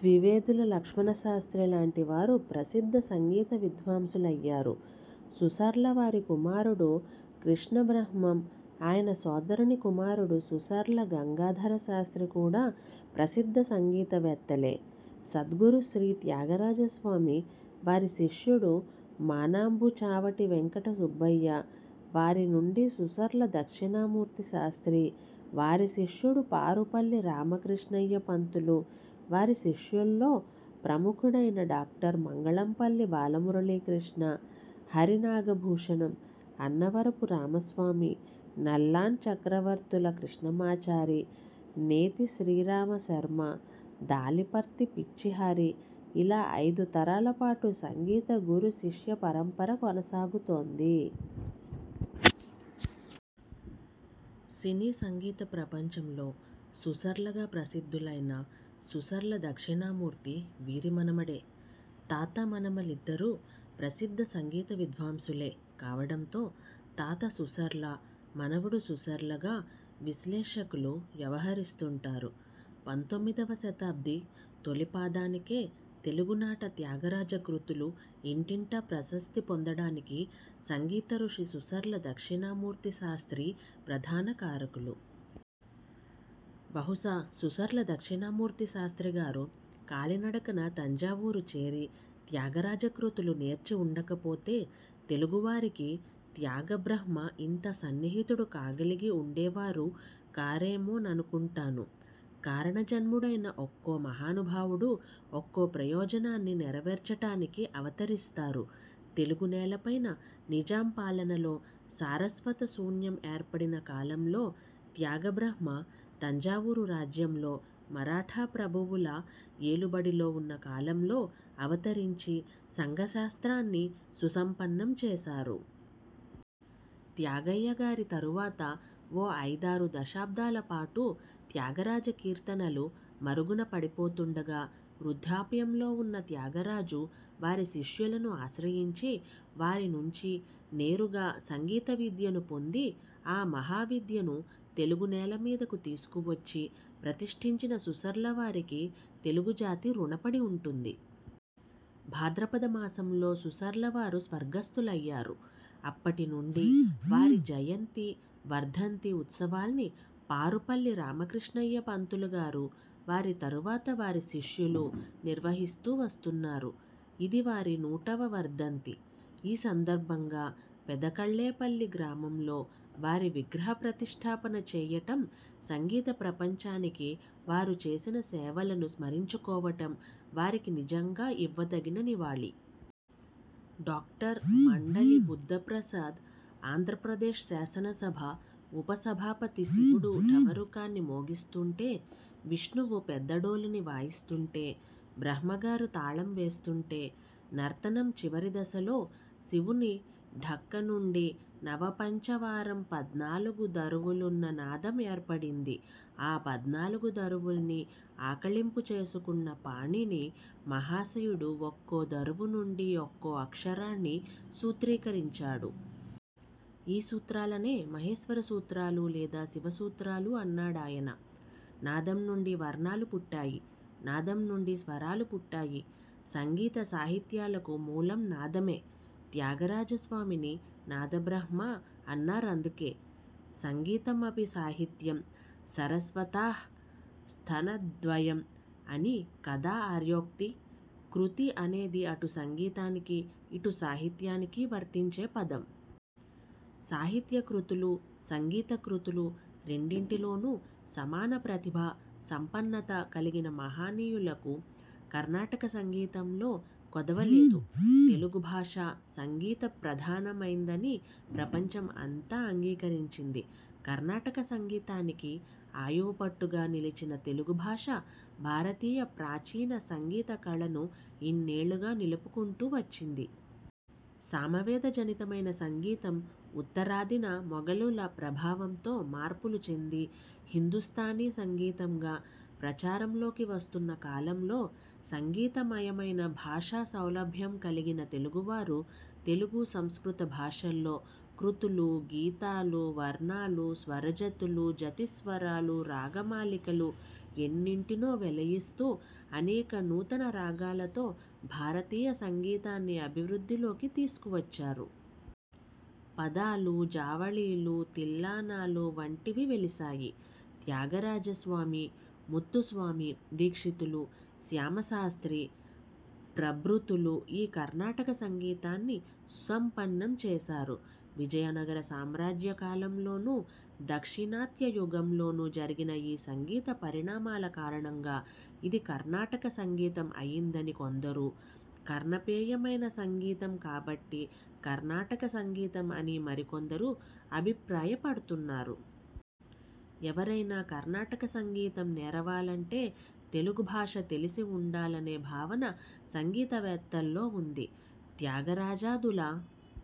ద్వివేదుల లక్ష్మణ శాస్త్రీ లాంటి వారు ప్రసిద్ధ సంగీత విద్వాంసులయ్యారు. సుసర్ల వారి కుమారుడు కృష్ణ బ్రహ్మం, ఆయన సోదరుని కుమారుడు సుసర్ల గంగాధర శాస్త్రీ కూడా ప్రసిద్ధ సంగీత వేత్తలే! సద్గురు శ్రీ త్యాగరాజస్వామి, వారి శిష్యుడు మానాంబు చావడి వెంకట సుబ్బయ్య, వారి నుండి సుసర్ల దక్షిణామూర్తి శాస్త్రీ, వారి శిష్యుడు పారుపల్లి రామకృష్ణయ్య పంతులు, వారి శిష్యుల్లో ప్రముఖులైన డాక్టర్ మంగళంపల్లి బాలమురళీ కృష్ణ, హరి నాగభూషణం, అన్నవరపు రామస్వామి, నల్లాన్ చక్రవర్తుల కృష్ణమాచారి, నేతి శ్రీరామ శర్మ, దాలిపర్తి పిచ్చి హరి ఇలా ఐదు తరాల పాటు సంగీత గురు శిష్య పరంపర కొనసాగుతోంది. సినీ సంగీత ప్రపంచంలో సుసర్లగా ప్రసిద్ధులైన సుసర్ల దక్షిణామూర్తి వీరి మనుమడే! తాత మనుమలిద్దరూ ప్రసిద్ధ సంగీత విద్వాంసులే కావటంతో తాత సుసర్ల, మనుమడు సుసర్లగా విశ్లేషికులు వ్యవహరిస్తుంటారు. పంతొమ్మిదివ శతాబ్ది తొలిపాదానికే తెలుగు నాట త్యాగరాజ కృతులు ఇంటింటా ప్రశస్తి పొందటానికి సంగీత ఋషి సుసర్ల దక్షిణామూర్తి శాస్ర్తి ప్రధాన కారకులు. బహుశా సుసర్ల దక్షిణామూర్తి శాస్త్రీ గారు కాలినడకన తంజావూరు చేరి త్యాగరాజ కృతులు నేర్చి ఉండకపోతే, తెలుగు వారికి త్యాగ బ్రహ్మ ఇంత సన్నిహితుడు కాగలిగి ఉండేవారు కారేమోననుకుంటాను. కారణ జన్ముడైన ఒక్కో మహానుభావుడు ఒక్కో ప్రయోజనాన్ని నెరవేర్చటానికి అవతరిస్తారు. తెలుగు నేలపైన నిజాం పాలనలో సారస్వత శూన్యం ఏర్పడిన కాలంలో త్యాగ బ్రహ్మ తంజావూరు రాజ్యంలో మరాఠా ప్రభువుల ఏలుబడిలో ఉన్న కాలంలో అవతరించి సంగ శాస్త్రాన్ని సుసంపన్నం చేశారు. త్యాగయ్య గారి తరువాత ఓ ఐదారు దశాబ్దాల పాటు త్యాగరాజ కీర్తనలు మరుగున పడిపోతుండగా, వృద్ధాప్యంలో ఉన్న త్యాగరాజు వారి శిష్యులను ఆశ్రయించి, వారి నుంచి నేరుగా సంగీత విద్యను పొంది ఆ మహావిద్యను తెలుగు నేలమీదకు తీసుకువచ్చి ప్రతిష్టించిన సుసర్ల వారికి తెలుగు జాతి రుణపడి ఉంది. భాద్రపద మాసంలో సుసర్లవారు స్వర్గస్థులయ్యారు. అప్పటి నుండి వారి జయంతి, వర్ధంతి ఉత్సవాల్ని పారుపల్లి రామకృష్ణయ్య పంతులు గారు, వారి తరువాత వారి శిష్యులూ నిర్వహిస్తూ వస్తున్నారు. ఇది వారి నూటవ వర్ధంతి. ఈ సందర్భంగా పెదకళ్ళేపల్లి గ్రామంలో వారి విగ్రహ ప్రతిష్ఠాపన చేయటం, సంగీత ప్రపంచానికి వారు చేసిన సేవలను స్మరించుకోవటం వారికి నిజంగా ఇవ్వదగిన నివాళి. డాక్టర్ మండలి బుద్ధప్రసాద్ఆంధ్రప్రదేశ్ శాసనసభ ఉప సభాపతి శివుడు డమరుకాన్ని మోగిస్తుంటే, విష్ణువు పెద్దడోలుని వాయిస్తుంటే, బ్రహ్మగారు తాళం వేస్తుంటే నర్తనం చివరి దశలో శివుని ఢక్క నుండి, నవ పంచవారం– పద్నాలుగు దరువులున్న నాదం ఏర్పడింది. ఆ పద్నాలుగు దరువుల్నీ ఆకళింపు చేసుకున్న పాణిని మహాశయుడు ఒక్కో దరువు నుండి ఒక్కో అక్షరాన్ని సూత్రీకరించాడు. ఈ సూత్రాలనే మహేశ్వర సూత్రాలు లేదా శివ సూత్రాలు అన్నాడాయన. నాదం నుండి వర్ణాలు పుట్టాయి. నాదం నుండి స్వరాలు పుట్టాయి. సంగీత సాహిత్యాలకు మూలం నాదమే! త్యాగరాజ స్వామిని నాద బ్రహ్మ అన్నారందుకే! ''సంగీతమపి సాహిత్యం సరస్వత్యాః స్తనద్వయం'' అని కదా ఆర్యోక్తి. కృతి అనేది అటు సంగీతానికీ, ఇటు సాహిత్యానికీ వర్తించే పదం. సాహిత్య కృతులు, సంగీత కృతులు రెండింటిలోనూ సమాన ప్రతిభా సంపన్నత కలిగిన మహనీయులకు కర్ణాటక సంగీతంలో కొదవ లేదు. తెలుగు భాష సంగీత ప్రధానమైందని ప్రపంచం అంతా అంగీకరించింది. కర్ణాటక సంగీతానికి ఆయువుపట్టుగా నిలిచిన తెలుగు భాష భారతీయ ప్రాచీన సంగీత కళను ఇన్నేళ్లుగా నిలుపుకుంటూ వచ్చింది. సామవేద జనితమైన సంగీతం ఉత్తరాదిన మొగలుల ప్రభావంతో మార్పులు చెంది హిందుస్తానీ సంగీతంగా ప్రచారంలోకి వస్తున్న కాలంలో సంగీత మయమైన భాషా సౌలభ్యం కలిగిన తెలుగువారు తెలుగు, సంస్కృత భాషల్లో కృతులు, గీతాలు, వర్ణాలు, స్వరజతులు, జతిస్వరాలు, రాగమాలికలు ఎన్నింటినో వెలయిస్తూ అనేక నూతన రాగాలతో భారతీయ సంగీతాన్ని అభివృద్ధిలోకి తీసుకువచ్చారు. పదాలు, జావళీలు, తిల్లానాలు వంటివి వెలిశాయి. త్యాగరాజ స్వామి, ముత్తుస్వామి దీక్షితులు, శ్యామ శాస్త్రీ ప్రభృతులు ఈ కర్ణాటక సంగీతాన్ని సుసంపన్నం చేశారు. విజయనగర సామ్రాజ్య కాలంలోనూ, దాక్షిణాత్య యుగంలోనూ జరిగిన ఈ సంగీత పరిణామాల కారణంగా ఇది కర్ణాటక సంగీతం అయ్యిందని కొందరు, కర్ణపేయమైన సంగీతం కాబట్టి కర్ణాటక సంగీతం అని మరికొందరు అభిప్రాయపడ్తున్నారు. ఎవరైనా కర్ణాటక సంగీతం నేరవాలంటే తెలుగు భాష తెలిసి ఉండాలనే భావన సంగీత వేత్తల్లో ఉంది. త్యాగరాజాదుల